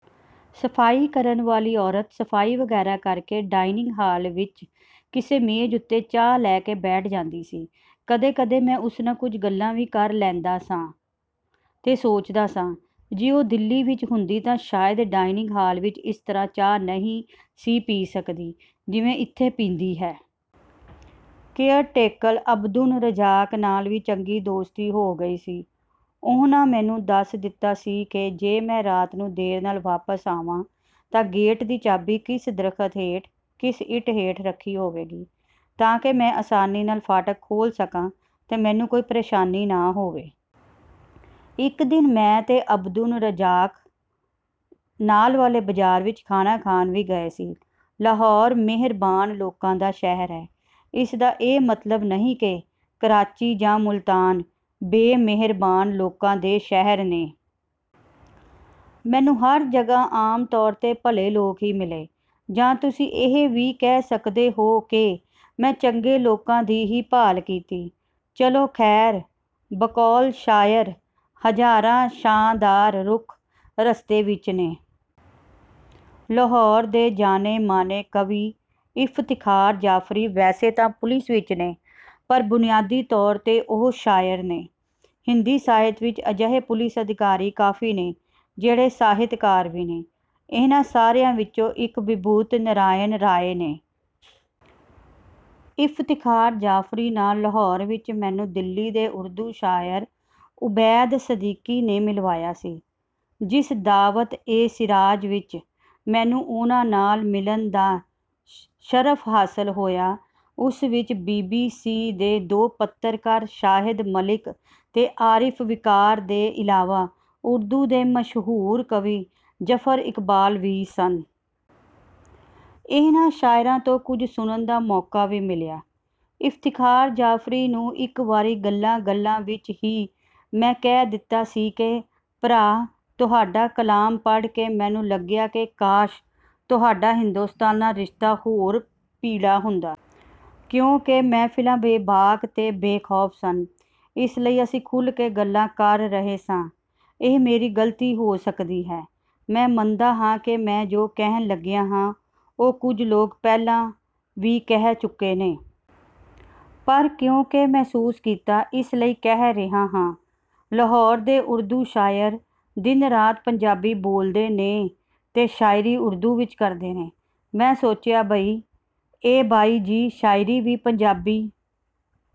ਸਫ਼ਾਈ ਕਰਨ ਵਾਲੀ ਔਰਤ ਸਫ਼ਾਈ ਵਗੈਰਾ ਕਰਕੇ ਡਾਇਨਿੰਗ ਹਾਲ ਵਿਚ ਕਿਸੇ ਮੇਜ਼ ਉੱਤੇ ਚਾਹ ਲੈ ਕੇ ਬੈਠ ਜਾਂਦੀ ਸੀ। ਕਦੇ-ਕਦੇ ਮੈਂ ਉਸ ਨਾਲ ਕੁਝ ਗੱਲਾਂ ਵੀ ਕਰ ਲੈਂਦਾ ਸਾਂ ਤੇ ਸੋਚਦਾ ਸਾਂ, ਜੇ ਉਹ ਦਿੱਲੀ ਵਿਚ ਹੁੰਦੀ ਤਾਂ ਸ਼ਾਇਦ ਡਾਇਨਿੰਗ ਹਾਲ ਵਿਚ ਇਸ ਤਰ੍ਹਾਂ ਚਾਹ ਨਹੀਂ ਸੀ ਪੀ ਸਕਦੀ, ਜਿਵੇਂ ਇੱਥੇ ਪੀਂਦੀ ਹੈ। ਕੇਅਰਟੇਕਰ ਅਬਦੁਨ ਰੱਜ਼ਾਕ ਨਾਲ ਵੀ ਚੰਗੀ ਦੋਸਤੀ ਹੋ ਗਈ ਸੀ। ਉਹਨਾਂ ਮੈਨੂੰ ਦੱਸ ਦਿੱਤਾ ਸੀ ਕਿ ਜੇ ਮੈਂ ਰਾਤ ਨੂੰ ਦੇਰ ਨਾਲ ਵਾਪਸ ਆਵਾਂ ਤਾਂ ਗੇਟ ਦੀ ਚਾਬੀ ਕਿਸ ਦਰਖ਼ਤ ਹੇਠ, ਕਿਸ ਇੱਟ ਹੇਠ ਰੱਖੀ ਹੋਵੇਗੀ, ਤਾਂ ਕਿ ਮੈਂ ਆਸਾਨੀ ਨਾਲ ਫਾਟਕ ਖੋਲ੍ਹ ਸਕਾਂ ਤੇ ਮੈਨੂੰ ਕੋਈ ਪ੍ਰੇਸ਼ਾਨੀ ਨਾ ਹੋਵੇ। ਇਕ ਦਿਨ ਮੈਂ ਤੇ ਅਬਦੁਨ ਰੱਜ਼ਾਕ ਨਾਲ ਵਾਲੇ ਬਾਜ਼ਾਰ ਵਿਚ ਖਾਣਾ ਖਾਣ ਵੀ ਗਏ ਸੀ। ਲਾਹੌਰ ਮਿਹਰਬਾਨ ਲੋਕਾਂ ਦਾ ਸ਼ਹਿਰ ਹੈ, ਇਸਦਾ ਇਹ ਮਤਲਬ ਨਹੀਂ ਕਿ ਕਰਾਚੀ ਜਾਂ ਮੁਲਤਾਨ ਬੇਮਿਹਰਬਾਨ ਲੋਕਾਂ ਦੇ ਸ਼ਹਿਰ ਨੇ। ਮੈਨੂੰ ਹਰ ਜਗ੍ਹਾ ਆਮ ਤੌਰ 'ਤੇ ਭਲੇ ਲੋਕ ਹੀ ਮਿਲੇ। ਜਾਂ ਤੁਸੀਂ ਇਹ ਵੀ ਕਹਿ ਸਕਦੇ ਹੋ ਕਿ ਮੈਂ ਚੰਗੇ ਲੋਕਾਂ ਦੀ ਹੀ ਭਾਲ ਕੀਤੀ। ਚਲੋ ਖ਼ੈਰ, ਬਕੌਲ ਸ਼ਾਇਰ, "ਹਜ਼ਾਰਾਂ ਛਾਂਦਾਰ ਰੁੱਖ ਰਸਤੇ ਵਿਚ ਨੇ।" ਲਾਹੌਰ ਦੇ ਜਾਣੇ-ਮਾਣੇ ਕਵੀ ਇਫ਼ਤਿਖਾਰ ਜਾਫ਼ਰੀ ਵੈਸੇ ਤਾਂ ਪੁਲਿਸ ਵਿਚ ਨੇ, ਪਰ ਬੁਨਿਆਦੀ ਤੌਰ 'ਤੇ ਉਹ ਸ਼ਾਇਰ ਨੇ। ਹਿੰਦੀ ਸਾਹਿਤ ਵਿਚ ਅਜਿਹੇ ਪੁਲਿਸ ਅਧਿਕਾਰੀ ਕਾਫ਼ੀ ਨੇ, ਜਿਹੜੇ ਸਾਹਿਤਕਾਰ ਵੀ ਨੇ। ਇਹਨਾਂ ਸਾਰਿਆਂ ਵਿਚੋਂ ਇਕ ਵਿਭੂਤਿ ਨਾਰਾਇਣ ਰਾਏ ਨੇ। ਇਫ਼ਤਿਖਾਰ ਜਾਫ਼ਰੀ ਨਾਲ ਲਾਹੌਰ ਵਿਚ ਮੈਨੂੰ ਦਿੱਲੀ ਦੇ ਉਰਦੂ ਸ਼ਾਇਰ ਓਬੈਦ ਸਿੱਦੀਕੀ ਨੇ ਮਿਲਵਾਇਆ ਸੀ। ਜਿਸ ਦਾਵਤ-ਏ-ਸ਼ੀਰਾਜ਼ ਵਿਚ ਮੈਨੂੰ ਉਹਨਾਂ ਨਾਲ ਮਿਲਣ ਦਾ ਸ਼ਰਫ਼ ਹਾਸਲ ਹੋਇਆ, ਉਸ ਵਿਚ ਬੀ. ਬੀ. ਸੀ. ਦੇ ਦੋ ਪੱਤਰਕਾਰ ਸ਼ਾਹਿਦ ਮਲਿਕ ਤੇ ਆਰਿਫ਼ ਵਿਕਾਰ ਦੇ ਇਲਾਵਾ ਉਰਦੂ ਦੇ ਮਸ਼ਹੂਰ ਕਵੀ ਜ਼ਫ਼ਰ ਇਕਬਾਲ ਵੀ ਸਨ। ਇਹਨਾਂ ਸ਼ਾਇਰਾਂ ਤੋਂ ਕੁਝ ਸੁਣਨ ਦਾ ਮੌਕਾ ਵੀ ਮਿਲਿਆ। ਇਫ਼ਤਿਖਾਰ ਜਾਫ਼ਰੀ ਨੂੰ ਇਕ ਵਾਰੀ ਗੱਲਾਂ-ਗੱਲਾਂ ਵਿਚ ਹੀ ਮੈਂ ਕਹਿ ਦਿੱਤਾ ਸੀ ਕਿ, "ਭਰਾ, ਤੁਹਾਡਾ ਕਲਾਮ ਪੜ੍ਹ ਕੇ ਮੈਨੂੰ ਲੱਗਿਆ ਕਿ ਕਾਸ਼ ਤੁਹਾਡਾ ਹਿੰਦੁਸਤਾਨ ਨਾਲ ਰਿਸ਼ਤਾ ਹੋਰ ਪੀੜ੍ਹਾ ਹੁੰਦਾ।" ਕਿਉਂਕਿ ਮਹਿਫ਼ਲਾਂ ਬੇਬਾਕ ਤੇ ਬੇਖ਼ੌਫ਼ ਸਨ, ਇਸ ਲਈ ਅਸੀਂ ਖੁੱਲ੍ਹ ਕੇ ਗੱਲਾਂ ਕਰ ਰਹੇ ਸਾਂ। ਇਹ ਮੇਰੀ ਗ਼ਲਤੀ ਹੋ ਸਕਦੀ ਹੈ। ਮੈਂ ਮੰਨਦਾ ਹਾਂ ਕਿ ਮੈਂ ਜੋ ਕਹਿਣ ਲੱਗਿਆ ਹਾਂ, ਉਹ ਕੁਝ ਲੋਕ ਪਹਿਲਾਂ ਵੀ ਕਹਿ ਚੁੱਕੇ ਨੇ। ਪਰ ਕਿਉਂਕਿ ਮਹਿਸੂਸ ਕੀਤਾ, ਇਸ ਲਈ ਕਹਿ ਰਿਹਾ ਹਾਂ। ਲਾਹੌਰ ਦੇ ਉਰਦੂ ਸ਼ਾਇਰ ਦਿਨ-ਰਾਤ ਪੰਜਾਬੀ ਬੋਲਦੇ ਨੇ ਤੇ ਸ਼ਾਇਰੀ ਉਰਦੂ ਵਿਚ ਕਰਦੇ ਨੇ। ਮੈਂ ਸੋਚਿਆ, "ਬਈ, ਇਹ ਬਾਈ-ਜੀ, ਸ਼ਾਇਰੀ ਵੀ ਪੰਜਾਬੀ...